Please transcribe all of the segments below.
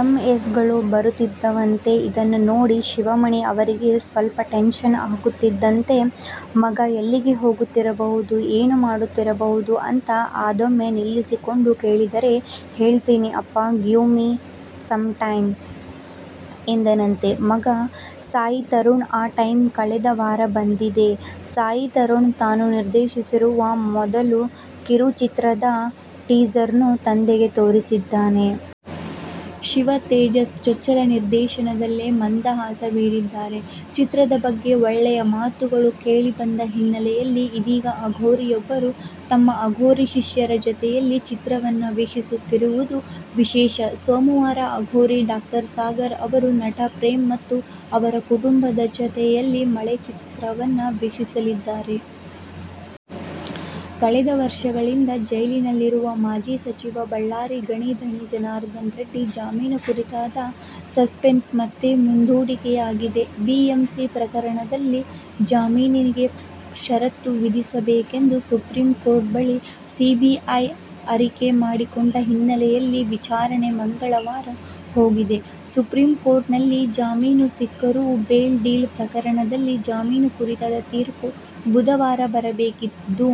M. ಎಸ್ಗಳು ಬರುತ್ತಿದ್ದವಂತೆ. ಇದನ್ನು ನೋಡಿ ಶಿವಮಣಿ ಅವರಿಗೆ ಸ್ವಲ್ಪ ಟೆನ್ಶನ್ ಆಗುತ್ತಿತ್ತಂತೆ. ಮಗ ಎಲ್ಲಿಗೆ ಹೋಗುತ್ತಿರಬಹುದು, ಏನು ಮಾಡುತ್ತಿರಬಹುದು ಅಂತ. ಅದೊಮ್ಮೆ ನಿಲ್ಲಿಸಿಕೊಂಡು ಕೇಳಿದರೆ, "ಹೇಳ್ತೀನಿ ಅಪ್ಪಾ, ಗಿವ್ ಮಿ ಸಮ್ಟೈಮ್' ಎಂದನಂತೆ ಮಗ ಸಾಯಿತರುಣ್. ಆ ಟೈಮ್ ಕಳೆದ ವಾರ ಬಂದಿದೆ. ಸಾಯಿತರುಣ್ ತಾನು ನಿರ್ದೇಶಿಸಿರುವ ಮೊದಲ ಕಿರುಚಿತ್ರದ ಟೀಸರ್ನ್ನು ತಂದೆಗೆ ತೋರಿಸಿದ್ದಾನೆ. ಶಿವತೇಜಸ್ ಚೊಚ್ಚಲ ನಿರ್ದೇಶನದಲ್ಲೇ ಮಂದಹಾಸ ಬೀರಿದ್ದಾರೆ. ಚಿತ್ರದ ಬಗ್ಗೆ ಒಳ್ಳೆಯ ಮಾತುಗಳು ಕೇಳಿಬಂದ ಹಿನ್ನೆಲೆಯಲ್ಲಿ ಇದೀಗ ಅಘೋರಿಯೊಬ್ಬರು ತಮ್ಮ ಅಘೋರಿ ಶಿಷ್ಯರ ಜತೆಯಲ್ಲಿ ಚಿತ್ರವನ್ನು ವೀಕ್ಷಿಸುತ್ತಿರುವುದು ವಿಶೇಷ. ಸೋಮವಾರ ಅಘೋರಿ ಡಾ. ಸಾಗರ್ ಅವರು ನಟ ಪ್ರೇಮ್ ಮತ್ತು ಅವರ ಕುಟುಂಬದಜತೆಯಲ್ಲಿ "ಮಳೆ' ಚಿತ್ರವನ್ನು ವೀಕ್ಷಿಸಲಿದ್ದಾರೆ. ಕಳೆದ ವರ್ಷಗಳಿಂದ ಜೈಲಿನಲ್ಲಿರುವ ಮಾಜಿ ಸಚಿವ, ಬಳ್ಳಾರಿ ಗಣಿ ಧಣಿ ಜನಾರ್ದನ ರೆಡ್ಡಿ ಜಾಮೀನು ಕುರಿತಾದ ಸಸ್ಪೆನ್ಸ್ ಮತ್ತೆ ಮುಂದೂಡಿಕೆಯಾಗಿದೆ. ಒಎಂಸಿ ಪ್ರಕರಣದಲ್ಲಿ ಜಾಮೀನಿಗೆ ಷರತ್ತು ವಿಧಿಸಬೇಕೆಂದು ಸುಪ್ರೀಂಕೋರ್ಟ್ ಬಳಿ ಸಿಬಿಐ ಅರಿಕೆ ಮಾಡಿಕೊಂಡ ಹಿನ್ನೆಲೆಯಲ್ಲಿ ವಿಚಾರಣೆ ಮಂಗಳವಾರಕ್ಕೆ ಹೋಗಿದೆ. ಸುಪ್ರೀಂಕೋರ್ಟಲ್ಲಿ ಜಾಮೀನು ಸಿಕ್ಕರೂ "ಬೇಲ್ ಡೀಲ್' ಪ್ರಕರಣದಲ್ಲಿ ಜಾಮೀನು ಕುರಿತಾದ ತೀರ್ಪು ಬುಧವಾರ ಬರ ಬೇಕಿದ್ದು,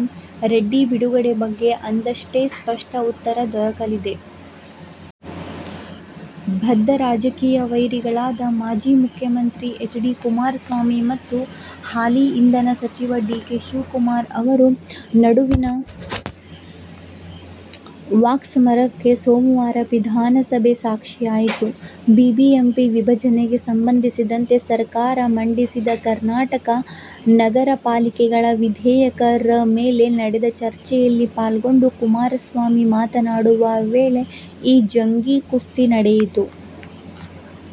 ರೆಡ್ಡಿ ಬಿಡುಗಡೆ ಬಗ್ಗೆ ಅಂದಷ್ಟೇ ಸ್ಪಷ್ಟ ಉತ್ತರ ದೊರಕಲಿದೆ. ಬದ್ಧ ರಾಜಕೀಯ ವೈರಿಗಳಾದ ಮಾಜಿ ಮುಖ್ಯಮಂತ್ರಿ ಎಚ್. ಡಿ. ಕುಮಾರಸ್ವಾಮಿ ಮತ್ತು ಹಾಲಿ ಇಂಧನ ಸಚಿವ ಡಿ. ಕೆ. ಶಿವಕುಮಾರ್ ಅವರ ನಡುವಿನ ವಾಕ್ಸಮರಕ್ಕೆ ಸೋಮವಾರ ವಿಧಾನಸಭೆ ಸಾಕ್ಷಿಯಾಯಿತು. ಬಿಬಿಎಂಪಿ ವಿಭಜನೆಗೆ ಸಂಬಂಧಿಸಿದಂತೆ ಸರ್ಕಾರ ಮಂಡಿಸಿದ "ಕರ್ನಾಟಕ ನಗರಪಾಲಿಕೆಗಳ ವಿಧೇಯಕ, 'ರ ಮೇಲೆ ನಡೆದ ಚರ್ಚೆಯಲ್ಲಿ ಪಾಲ್ಗೊಂಡು ಕುಮಾರಸ್ವಾಮಿ ಮಾತನಾಡುವ ವೇಳೆ ಈ ಜಂಗೀಕುಸ್ತಿ ನಡೆಯಿತು.